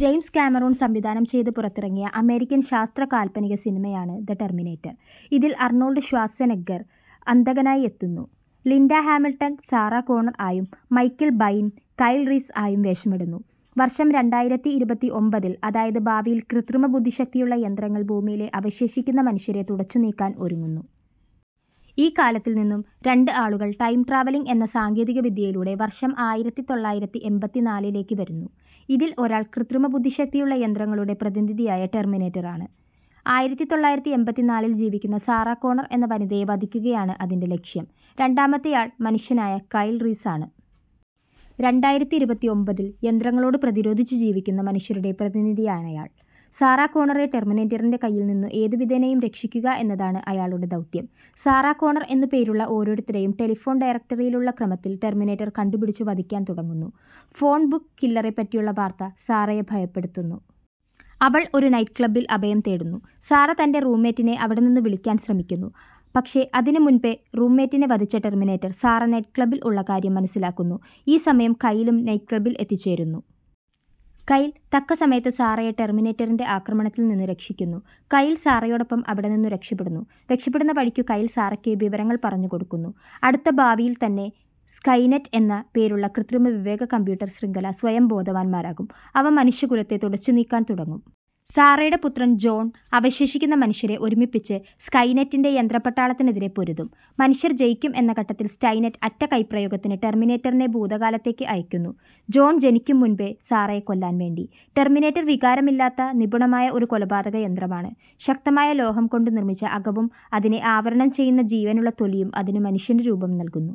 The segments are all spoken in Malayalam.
ജെയിംസ് കാമറൂൺ സംവിധാനം ചെയ്ത് പുറത്തിറങ്ങിയ അമേരിക്കൻ ശാസ്ത്ര കാല്പനിക സിനിമയാണു ദ ടെർമിനേറ്റർ. ഇതിൽ അർണോൾഡ് ഷ്വാസ്സെനെഗ്ഗർ അന്തകനായി എത്തുന്നു. ലിൻഡ ഹാമിൽടൻ സാറാ കോണർ ആയും മൈക്കിൾ ബൈൻ കൈൽ റീസ് ആയും വേഷമിടുന്നു. വർഷം രണ്ടായിരത്തിഇരുപത്തിഒമ്പതിൽ, അതായത് ഭാവിയിൽ ക്രിത്രിമ ബുദ്ധിശക്തിയുള്ള യന്ത്രങ്ങൾ ഭൂമിയിലെ അവശേഷിക്കുന്ന മനുഷ്യരെ തുടച്ചു നീക്കാൻ ഒരുങ്ങുന്നു. ഈ കാലത്തിൽ നിന്നും രണ്ട് ആളുകൾ ടൈം ട്രാവലിങ്ങ് എന്ന സാങ്കേതിക വിദ്യയിലൂടെ വർഷം ആയിരത്തിതൊള്ളായിരത്തിഎമ്പതിനാലിലേക്ക് വരുന്നു. ഇതിൽ ഒരാൾ ക്രിത്രിമ ബുദ്ധിശക്തിയുള്ള യന്ത്രങ്ങളുടെ പ്രതിനിധിയായ ടെർമിനേറ്ററാണു. ആയിരത്തിതൊള്ളായിരത്തിഎമ്പതിനാലിൽ ജീവിക്കുന്ന സാറാ കോണർ എന്ന വനിതയെ വധിക്കുകയാണു അതിന്റെ ലക്ഷ്യം. രണ്ടാമത്തെയാൾ മനുഷ്യനായ കൈൽ റീസാണു. രണ്ടായിരത്തിഇരുപത്തിഒമ്പതിൽ യന്ത്രങ്ങളോട് പ്രതിരോധിച്ചു ജീവിക്കുന്ന മനുഷ്യരുടെ പ്രതിനിധിയാണയാൾ. സാറാ കോണറെ ടെർമിനേറ്ററിന്റെ കയ്യിൽ നിന്നു ഏതു വിധേനയും രക്ഷിക്കുക എന്നതാണു അയാളുടെ ദൗത്യം. സാറാ കോണർ എന്നു പേരുള്ള ഓരോരുത്തരേയും ടെലിഫോൺ ഡയറക്റ്ററിയിലുള്ള ക്രമത്തിൽ ടെർമിനേറ്റർ കണ്ടു പിടിച്ചു വധിക്കാൻ തുടങ്ങുന്നു. ഫോൺ ബുക്ക് കില്ലറെ പറ്റിയുള്ള വാർത്ത സാറയെ ഭയപ്പെടുത്തുന്നു. അവൾ ഒരു നൈറ്റ് ക്ലബ്ബിൽ അഭയം തേടുന്നു. സാറ തന്റെ റൂം മേറ്റിനെ അവിടെ നിന്നു വിളിക്കാൻ ശ്രമിക്കുന്നു. പക്ഷേ അതിനു മുൻപെ റൂം മേറ്റിനെ വധിച്ച ടെർമിനേറ്റർ സാറ നൈറ്റ് ക്ലബ്ബിൽ ഉള്ള കാര്യം മനസ്സിലാക്കുന്നു. ഈ സമയം കൈലും നൈറ്റ് ക്ലബ്ബിൽ എത്തിച്ചേരുന്നു. കൈൽ തക്ക സമയത്ത് സാറയെ ടെർമിനേറ്ററിന്റെ ആക്രമണത്തിൽ നിന്ന് രക്ഷിക്കുന്നു. കൈൽ സാറയോടൊപ്പം അവിടെ നിന്നു രക്ഷപ്പെടുന്നു. രക്ഷപ്പെടുന്ന വഴിക്കു കൈൽ സാറയ്ക്ക് വിവരങ്ങൾ പറഞ്ഞ് കൊടുക്കുന്നു. അടുത്ത ഭാവിയിൽ തന്നെ സ്കൈനെറ്റ് എന്ന് പേരുള്ള ക്രിത്രിമ വിവേക കമ്പ്യൂട്ടർ ശ്രിംഖല സ്വയം ബോധവാന്മാരാകും. അവ മനുഷ്യ കുലത്തെ തുടച്ച് നീക്കാൻ തുടങ്ങും. സാറയുടെ പുത്രൻ ജോൺ അവശേഷിക്കുന്ന മനുഷ്യരെ ഒരുമിപ്പിച്ച് സ്കൈനെറ്റിന്റെ യന്ത്രപ്പട്ടാളത്തിനെതിരെ പൊരുതും. മനുഷ്യർ ജയിക്കും എന്ന ഘട്ടത്തിൽ സ്കൈനെറ്റ് അറ്റ കൈപ്രയോഗത്തിനു ടെർമിനേറ്ററിനെ ഭൂതകാലത്തേക്ക് അയക്കുന്നു, ജോൺ ജനിക്കും മുൻപേ സാറയെ കൊല്ലാൻ വേണ്ടി. ടെർമിനേറ്റർ വികാരമില്ലാത്ത നിപുണമായ ഒരു കൊലപാതക യന്ത്രമാണ്. ശക്തമായ ലോഹം കൊണ്ട് നിർമ്മിച്ച അകവും അതിനെ ആവരണം ചെയ്യുന്ന ജീവനുള്ള തൊലിയും അതിന് മനുഷ്യന്റെ രൂപം നൽകുന്നു.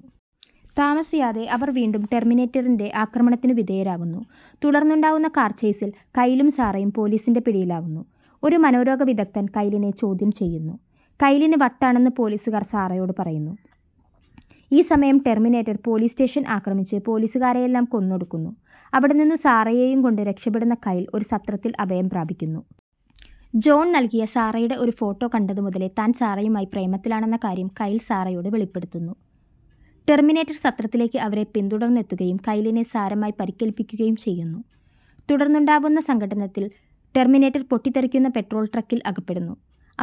താമസിയാതെ അവർ വീണ്ടും ടെർമിനേറ്ററിന്റെ ആക്രമണതിനു വിധേയരാവുന്നു. തുടർന്നുണ്ടാവുന്ന കാർ ചെയ്സിൽ കൈലും സാറയും പോലീസിന്റെ പിടിയിലാവുന്നു. ഒരു മനോരോഗ വിദഗ്ദ്ധൻ കൈലിനെ ചൊദ്യം ചെയ്യുന്നു. കൈലിന് വട്ടാണെന്ന് പോലീസുകാർ സാറയോട് പറയുന്നു. ഈ സമയം ടെർമിനേറ്റർ പോലീസ് സ്റ്റേഷൻ ആക്രമിച്ച് പോലീസുകാരെയെല്ലാം കൊന്നൊടുക്കുന്നു. അവിടെ നിന്നു സാറയെയും കൊണ്ട് രക്ഷപ്പെടുന്ന കൈൽ ഒരു സത്രത്തിൽ അഭയം പ്രാപിക്കുന്നു. ജോൺ നൽകിയ സാറയുടെ ഒരു ഫോട്ടോ കണ്ടതു മുതലേ താൻ സാറയുമായ് പ്രേമത്തിലാണെന്ന കാര്യം കൈൽ സാറയോട് വെളിപ്പെടുത്തുന്നു. ടെർമിനേറ്റർ സത്രത്തിലേക്ക് അവരെ പിന്തുടർന്നെത്തുകയും കൈലിനെ സാരമായ് പരിക്കേൽപ്പിക്കുകയും ചെയ്യുന്നു. തുടർന്നുണ്ടാവുന്ന സംഘട്ടനത്തിൽ ടെർമിനേറ്റർ പൊട്ടിത്തെറിക്കുന്ന പെട്രോൾ ട്രക്കിൽ അകപ്പെടുന്നു.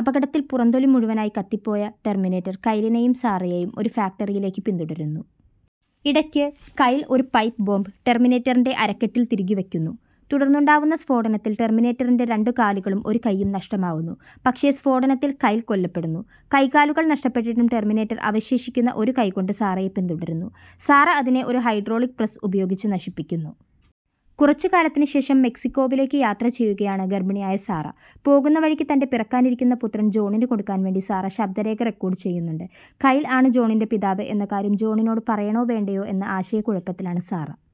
അപകടത്തിൽ പുറം തൊലി മുഴുവനായ് കത്തിപ്പോയ ടെർമിനേറ്റർ കൈലിനേയും സാറയേയും ഒരു ഫാക്ടറിയിലേക്ക് പിന്തുടരുന്നു. ഇടയ്ക്ക് കൈൽ ഒരു പൈപ്പ് ബോംബ് ടെർമിനേറ്ററിന്റെ അരക്കെട്ടിൽ തിരുകിവയ്ക്കുന്നു. തുടർന്നുണ്ടാവുന്ന സ്ഫോടനത്തിൽ ടെർമിനേറ്ററിന്റെ രണ്ട് കാലുകളും ഒരു കൈയ്യും നഷ്ടമാവുന്നു. പക്ഷേ സ്ഫോടനത്തിൽ കൈൽ കൊല്ലപ്പെടുന്നു. കൈകാലുകൾ നഷ്ടപ്പെട്ടിട്ടും ടെർമിനേറ്റർ അവശേഷിക്കുന്ന ഒരു കൈ കൊണ്ട് സാറയെ പിന്തുടരുന്നു. സാറ അതിനെ ഒരു ഹൈഡ്രോളിക് പ്രസ്സ് ഉപയോഗിച്ച് നശിപ്പിക്കുന്നു. കുറച്ച് കാലത്തിന് ശേഷം മെക്സിക്കോവിലേക്ക് യാത്ര ചെയ്യുകയാണ് ഗർഭിണിയായ സാറ. പോകുന്ന വഴിക്ക് തന്റെ പിറക്കാനിരിക്കുന്ന പുത്രൻ ജോണിന് കൊടുക്കാൻ വേണ്ടി സാറ ശബ്ദരേഖ റെക്കോഡ് ചെയ്യുന്നുണ്ട്. കൈൽ ആണ് ജോണിന്റെ പിതാവ് എന്ന കാര്യം ജോണിനോട് പറയണോ വേണ്ടയോ എന്ന ആശയക്കുഴപ്പത്തിലാണ് സാറ.